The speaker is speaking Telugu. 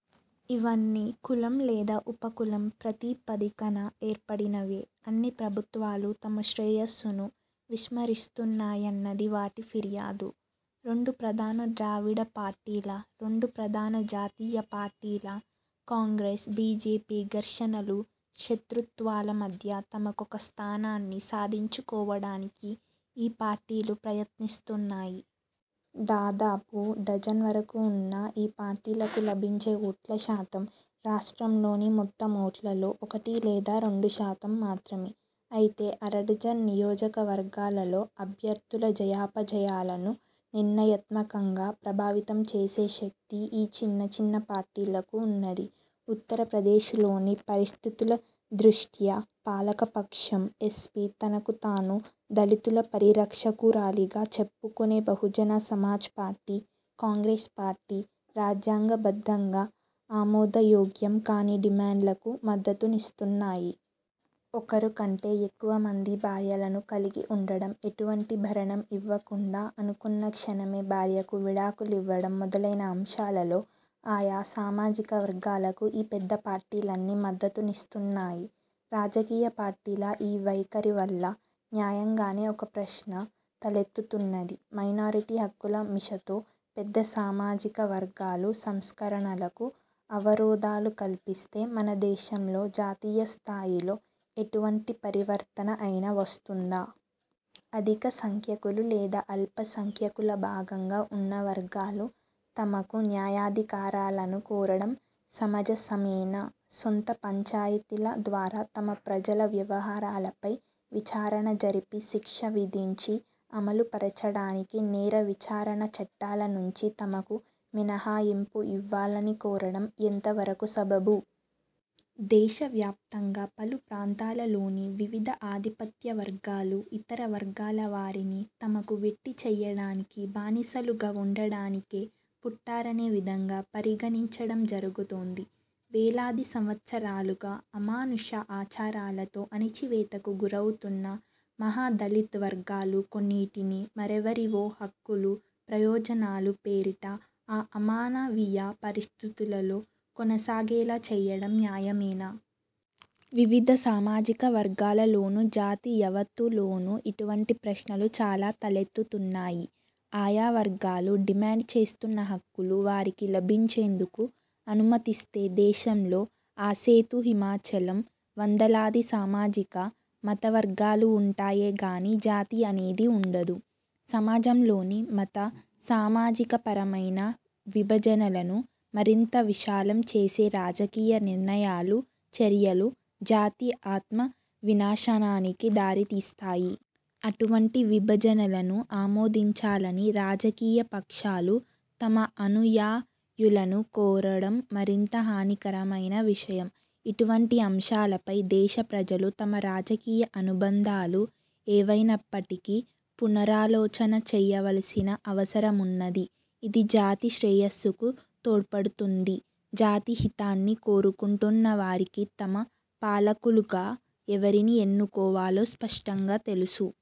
ఇవన్నీ కులం లేదా ఉప కులం ప్రాతిపదికన ఏర్పడినవే. అన్ని ప్రభుత్వాలూ తమ శ్రేయస్సును విస్మరిస్తున్నాయన్నది వాటి ఫిర్యాదు. రెండు ప్రధాన ద్రావిడ పార్టీల, రెండు ప్రధాన జాతీయ పార్టీల– కాంగ్రెస్, బీజేపీ– ఘర్షణలూ, శత్రుత్వాల మధ్య తమకొక స్థానాన్ని సాధించుకోవడానికి ఈ పార్టీలు ప్రయత్నిస్తున్నాయి. దాదాపు డజన్ వరకు వున్న ఈ పార్టీలకు లభించే ఓట్ల శాతం, రాష్ట్రంలోని మొత్తం ఓట్లలో ఒకటి లేదా రెండు శాతం మాత్రమే! అయితే అరడజన్ నియోజక వర్గాలలో అభ్యర్థుల జయాపజయాలను నిర్ణయాత్మకంగా ప్రభావితం చేసే శక్తి ఈ చిన్న చిన్న పార్టీలకు వున్నది. ఉత్తరప్రదేశ్లోని పరిస్థితుల దృష్ట్యా పాలకపక్షం ఎస్పీ, తనకు తాను దళితుల పరిరక్షకురాలిగా చెప్పుకొనే Bahujan Samaj party, Congress party రాజ్యాంగబద్ధంగా ఆమోదయోగ్యం కాని డిమాండ్లకు మద్దతునిస్తున్నాయి! ఒకరు కంటే ఎక్కువ మంది భార్యలను కలిగి వుండడం, ఎటువంటి భరణం ఇవ్వకుండా అనుకున్న క్షణమే భార్యకు విడాకుల్వివడం మొదలైన అంశాలలో ఆయా సామాజిక వర్గాలకు ఈ పెద్ద పార్టీలన్నీ మద్దతునిస్తున్నాయి. రాజకీయ పార్టీల ఈ వైఖరివల్ల న్యాయంగానే ఒక ప్రశ్న తలెత్తుతున్నది: మైనారిటీ హక్కుల మిషతో పెద్ద సామాజిక వర్గాలు సంస్కరణలకు అవరోధాలు కల్పిస్తే మన దేశంలో జాతీయస్థాయిలో ఎటువంటి పరివర్తన అయినా వస్తుందా? అధిక సంఖ్యాకులు లేదా అల్ప సంఖ్యాకుల భాగంగా వున్న వర్గాలు తమకు న్యాయాధికారాలను కోరడం సమంజసమేనా? సొంత పంచాయితీల ద్వారా తమ ప్రజల వ్యవహారాలపై విచారణ జరిపి, శిక్ష విధించి, అమలుపరచడానికి నేర విచారణా చట్టాల నుంచి తమకు మినహాయింపు ఇవ్వాలని కోరడం ఎంతవరకు సబబు? దేశవ్యాప్తంగా పలు ప్రాంతాలలోని వివిధ ఆధిపత్య వర్గాలు ఇతర వర్గాల వారిని తమకు వెట్టి చేయడానికి, బానిసలుగా వుండడానికే పుట్టారనే విధంగా పరిగణించడం జరుగుతోంది. వేలాది సంవత్సరాలుగా అమానుష ఆచారాలతో అణచివేతకు గురవుతున్న మహా దళిత్ వర్గాలు కొన్నిటిని, మరెవరివో 'హక్కులు', 'ప్రయోజనాలు'పేరిట ఆ అమానవీయ పరిస్థితులలో కొనసాగేలా చేయడం న్యాయమేనా? వివిధ సామాజిక వర్గాలలోను, జాతి యావత్తులోను ఇటువంటి ప్రశ్నలు చాలా తలెత్తుతున్నాయి. ఆయా వర్గాలు డిమాండ్ చేస్తున్న 'హక్కులు' వారికి లభించేందుకు అనుమతిస్తే దేశంలో ఆసేతు హిమాచలం వందలాది సామాజిక, మత వర్గాలు వుంటాయే గానీ జాతి అనేది వుండదు. సమాజంలోని మత, సామాజికపరమైన విభజనలను మరింత విశాలం చేసే రాజకీయ నిర్ణయాలు, చర్యలు జాతి ఆత్మ వినాశనానికి దారితీస్తాయి. అటువంటి విభజనలను ఆమోదించాలని రాజకీయపక్షాలు తమ అనుయాయులను కోరడం మరింత హానికరమైన విషయం. ఇటువంటి అంశాలపై దేశ ప్రజలు తమ రాజకీయ అనుబంధాలు ఏవైనప్పటికీ పునరాలోచన చేయవలసిన అవసరమున్నది. ఇది జాతి శ్రేయస్సుకు తోడ్పడుతుంది. జాతి హితాన్ని కోరుకొంటున్న వారికి తమ పాలకులుగా ఎవరిని ఎన్నుకోవాలో స్పష్టంగా తెలుసు.